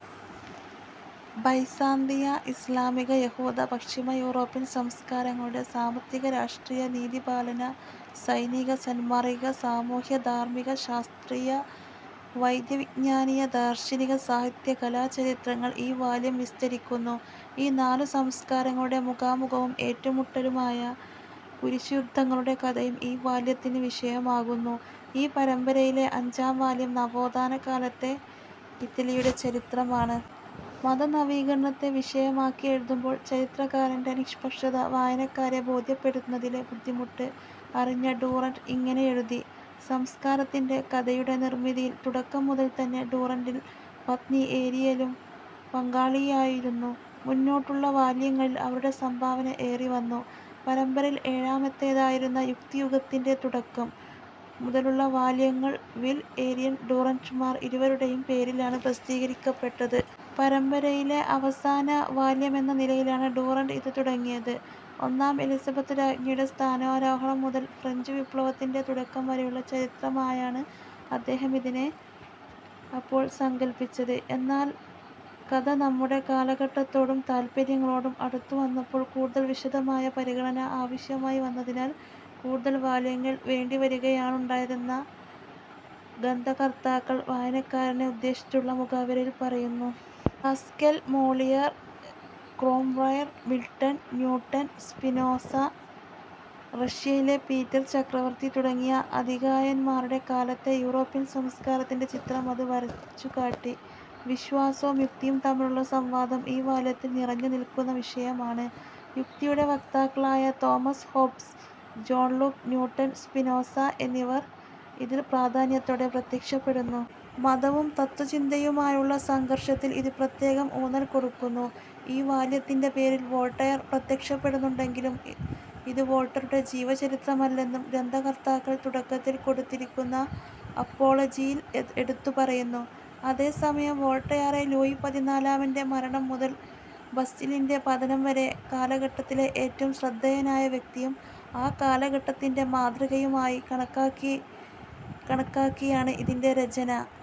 ബൈസാന്തിയ, ഇസ്ലാമിക, യഹൂദ, പശ്ചിമയൂറോപ്യൻ സംസ്കാരങ്ങളുടെ സാമ്പത്തിക, രാഷ്ട്രീയ, നീതിപാലന, സൈനിക, സാന്മാർഗ്ഗിക, സാമൂഹ്യ, ധാർമ്മിക, ശാസ്ത്രീയ, വൈദ്യവിജ്ഞാനീയ, ദാർശനിക, സാഹിത്യ, കലാ ചരിത്രങ്ങൾ ഈ വാല്യം വിസ്തരിക്കുന്നു. ഈ നാലു സംസ്കാരങ്ങളുടെ മുഖാമുഖവും ഏറ്റുമുട്ടലുമായ കുരിശുയുദ്ധങ്ങളുടെ കഥയും ഈ വാല്യത്തിനു വിഷയമാകുന്നു. ഈ പരമ്പരയിലെ അഞ്ചാം വാല്യം നവോത്ഥാനകാലത്തെ ഇറ്റലിയുടെ ചരിത്രമാണ്. മതനവീകരണത്തെ വിഷയമാക്കി എഴുതുമ്പോൾ ചരിത്രകാരന്റെ നിഷ്പക്ഷത വായനക്കാരെ ബോദ്ധ്യപ്പെടുത്തുന്നതിലെ ബുദ്ധിമുട്ട് അറിഞ്ഞ ഡുറാന്റ് ഇങ്ങനെ എഴുതി:- സംസ്കാരത്തിന്റെ കഥയുടെ നിർമ്മിതിയിൽ തുടക്കം മുതൽ തന്നെ ഡുറാന്റിന്റെ പത്നി ഏരിയലും പങ്കാളിയായിരുന്നു. മുന്നോട്ടുള്ള വാല്യങ്ങളിൽ അവരുടെ സംഭാവന ഏറി വന്നു. പരമ്പരയിൽ ഏഴാമത്തേതായിരുന്ന "യുക്തിയുഗത്തിന്റെ തുടക്കം" മുതലുള്ള വാല്യങ്ങൾ വിൽ, ഏരിയൽ ഡുറാന്റുമാർ ഇരുവരുടേയും പേരിലാണ് പ്രസിദ്ധീകരിക്കപ്പെട്ടത്. പരമ്പരയിലെ അവസാനവാല്യമെന്ന നിലയിലാണ് ഡുറാന്റ് ഇത് തുടങ്ങിയത്. ഒന്നാം എലിസബത്തു രാജ്ഞിയുടെ സ്ഥാനാരോഹണം മുതൽ ഫ്രഞ്ചു വിപ്ലവത്തിന്റെ തുടക്കം വരെയുള്ള ചരിത്രമായാണ് അദ്ദേഹം ഇതിനെ അപ്പോൾ സങ്കല്പിച്ചത്. എന്നാൽ കഥ നമ്മുടെ കാലഘട്ടത്തോടും താത്പര്യങ്ങളോടും അടുത്തു വന്നപ്പോൾ, കൂടുതൽ വിശദമായ പരിഗണന ആവശ്യമായി വന്നതിനാൽ കൂടുതൽ വാല്യങ്ങൾ വേണ്ടി വരുകയാണുണ്ടായതെന്ന ഗന്ഥകർത്താക്കൾ "വായനക്കാരനെ" ഉദ്ദേശിച്ചുള്ള മുഖവുരയിൽ പറയുന്നു. Pascal, Moliere, Cromwell, Milton, Newton, Spinoza, റഷ്യയിലെ പീറ്റർ ചക്രവർത്തി തുടങ്ങിയ അതികായന്മാരുടെ കാലത്തെ യൂറോപ്യൻ സംസ്കാരത്തിന്റെ ചിത്രം അത് വർച്ചുകാട്ടി. വിശ്വാസവും യുക്തിയും തമ്മിലുള്ള സംവാദം ഈ വാല്യത്തിൽ നിറഞ്ഞു നിൽക്കുന്ന വിഷയമാണ്. യുക്തിയുടെ വക്താക്കളായ Thomas Hobbes, John Locke, Newton, Spinoza എന്നിവർ ഇതിൽ പ്രാധാന്യത്തോടെ പ്രത്യക്ഷപ്പെടുന്നു. മതവും തത്ത്വചിന്തയുമായുള്ള സംഘർഷത്തിൽ ഇത് പ്രത്യേകം ഊന്നൽ കൊടുക്കുന്നു. ഈ വാല്യത്തിന്റെ പേരിൽ വോൾട്ടയർ പ്രത്യക്ഷപ്പെടുന്നുണ്ടെങ്കിലും, ഇത് വോൾട്ടയറുടെ ജീവചരിത്രമല്ലെന്നു ഗ്രന്ഥകർത്താക്കൾ തുടക്കത്തിൽ കൊടുത്തിരിക്കുന്ന "അപ്പോളജി"-യിൽ എടുത്തു പറയുന്നു. അതേസമയം വോൾട്ടയറെ, ലൂയി പതിനാലാമന്റെ മരണം മുതൽ ബസ്റ്റീലിന്റെ പതനം വരെയുള്ള കാലഘട്ടത്തിലെ ഏറ്റവും ശ്രദ്ധേയനായ വ്യക്തിയും ആ കാലഘട്ടത്തിന്റെ മാതൃകയും ആയി കണക്കാക്കിയാണ് ഇതിന്റെ രചന.